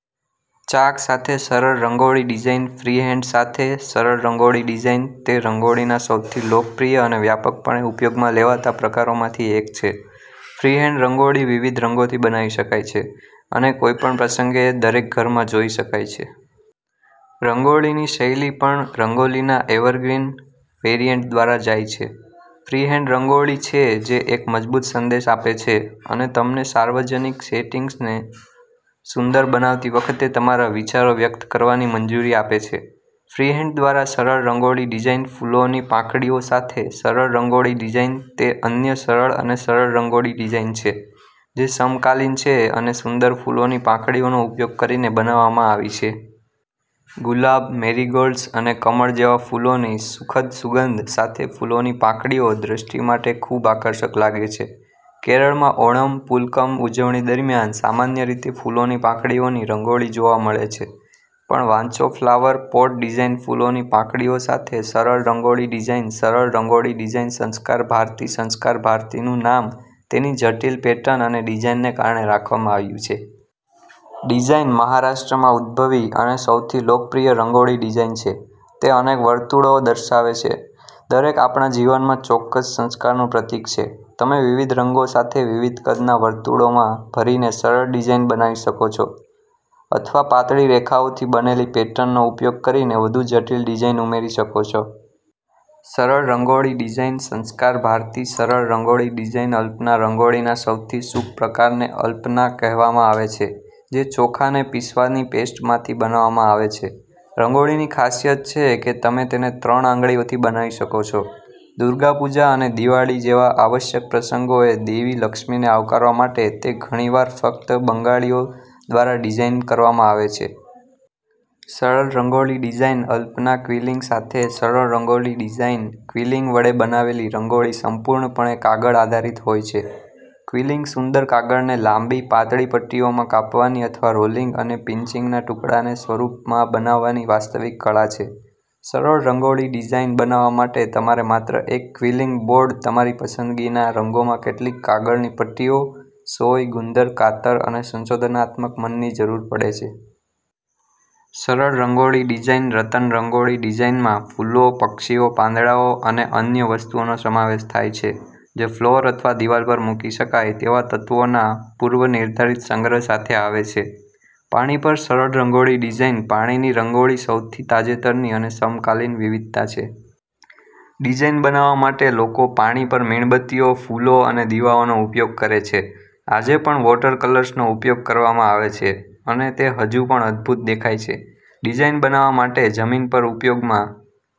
ચાક સાથે સરળ રંગોળી ડિઝાઇનફ્રીહેન્ડ સાથે સરળ રંગોળી ડિઝાઇન તે રંગોળીના સૌથી લોકપ્રિય અને વ્યાપકપણે ઉપયોગમાં લેવાતા પ્રકારોમાંથી એક છે. ફ્રીહેન્ડ રંગોળી વિવિધ રંગોથી બનાવી શકાય છે અને કોઈપણ પ્રસંગે દરેક ઘરમાં જોઈ શકાય છે. રંગોળીની શૈલી પણ 'રંગોલીના એવરગ્રીન વેરિઅન્ટ' દ્વારા જાય છે. ફ્રીહેન્ડરંગોળી છે જે એક મજબૂત સંદેશ આપે છે અને તમને સાર્વજનિક સેટિંગ્સને સુંદર બનાવતી વખતે તમારા વિચારો વ્યક્ત કરવાની મંજૂરી આપે છે. ફ્રીહેન્ડ દ્વારા સરળ રંગોળી ડિઝાઇનફૂલોની પાંખડીઓ સાથે સરળ રંગોળી ડિઝાઇન તે અન્ય સરળ અને સરળ રંગોળી ડિઝાઇન છે, જે સમકાલીન છે અને સુંદર ફૂલોની પાંખડીઓનો ઉપયોગ કરીને બનાવવામાં આવી છે. ગુલાબ, મેરીગોલ્ડ્સ અને કમળ જેવા ફૂલોની સુખદ સુગંધ સાથે ફૂલોની પાંખડીઓ દૃષ્ટિ માટે ખૂબઆકર્ષક લાગે છે. કેરળમાં ઓણમ પૂકલમ ઉજવણી દરમિયાન સામાન્ય રીતે ફૂલોની પાંખડીઓની રંગોળી જોવા મળે છે. પણ વાંચોફ્લાવર પોટ ડિઝાઇન ફૂલોની પાંખડીઓ સાથે સરળ રંગોળી ડિઝાઇનસરળ રંગોળી ડિઝાઇનસંસ્કાર ભારતી સંસ્કાર ભારતીનું નામ તેની જટિલ પેટર્ન અને ડિઝાઇનને કારણે રાખવામાં આવ્યું છે. ડિઝાઈન મહારાષ્ટ્રમાં ઉદ્ભવી અને સૌથી લોકપ્રિય રંગોળી ડિઝાઈન છે. તે અનેક વર્તુળો દર્શાવે છે, દરેક આપણા જીવનમાં ચોક્કસ સંસ્કારનું પ્રતીક છે. તમે વિવિધ રંગો સાથે વિવિધ કદના વર્તુળોમાં ભરીને સરળ ડિઝાઇન બનાવી શકો છો અથવા પાતળી રેખાઓથી બનેલી પેટર્નનો ઉપયોગ કરીને વધુ જટિલ ડિઝાઇન ઉમેરી શકો છો. સરળ રંગોળી ડિઝાઇનસંસ્કાર ભારતીસરળ રંગોળી ડિઝાઇનઅલ્પના રંગોળીના સૌથી શુભ પ્રકારને અલ્પના કહેવામાં આવે છે, જે ચોખાને પીસવાની પેસ્ટમાંથી બનાવવામાં આવે છે. રંગોળીની ખાસિયતછે કે તમે તેને ત્રણ આંગળીઓથી બનાવી શકો છો. દુર્ગા પૂજા અને દિવાળી જેવા આવશ્યક પ્રસંગોએ દેવી લક્ષ્મીને આવકારવા માટે તે ઘણીવાર ફક્ત બંગાળીઓ દ્વારાડિઝાઇન કરવામાં આવે છે. સરળ રંગોળી ડિઝાઇનઅલ્પનાક્વિલિંગ સાથે સરળ રંગોળી ડિઝાઇન ક્વિલિંગ વડે બનાવેલી રંગોળી સંપૂર્ણપણે કાગળ આધારિત હોય છે. ક્વિલિંગસુંદર કાગળને લાંબી, પાતળી પટ્ટીઓમાં કાપવાની અથવા રોલિંગ અને પિન્ચિંગના ટુકડાને સ્વરૂપમાં બનાવવાની વાસ્તવિક કળા છે. સરળ રંગોળી ડિઝાઇન બનાવવા માટે તમારે માત્ર એક ક્વિલિંગ બોર્ડ, તમારી પસંદગીના રંગોમાં કેટલીક કાગળની પટ્ટીઓ, સોય, ગુંદર, કાતર અને સંશોધનાત્મક મનની જરૂર પડશે. સરળ રંગોળી ડિઝાઇનરતનરંગોળી ડિઝાઇનમાં ફૂલો, પક્ષીઓ, પાંદડાઓ અને અન્ય વસ્તુઓનો સમાવેશ થાય છે જે ફ્લોર અથવા દિવાલ પર મૂકી શકાય તેવા તત્વોના પૂર્વનિર્ધારિત સંગ્રહ સાથે આવે છે. પાણી પર સરળ રંગોળી ડિઝાઇન પાણીની રંગોળીસૌથી તાજેતરની અને સમકાલીન વિવિધતા છે. ડિઝાઈન બનાવવા માટે લોકો પાણી પર મીણબત્તીઓ, ફૂલો અને દીવાઓનો ઉપયોગ કરે છે. આજે પણ વોટરકલર્સનો ઉપયોગ કરવામાં આવે છે, અને તે હજુ પણ અદભૂત દેખાય છે. ડિઝાઈન બનાવવા માટે જમીન પર ઉપયોગમાં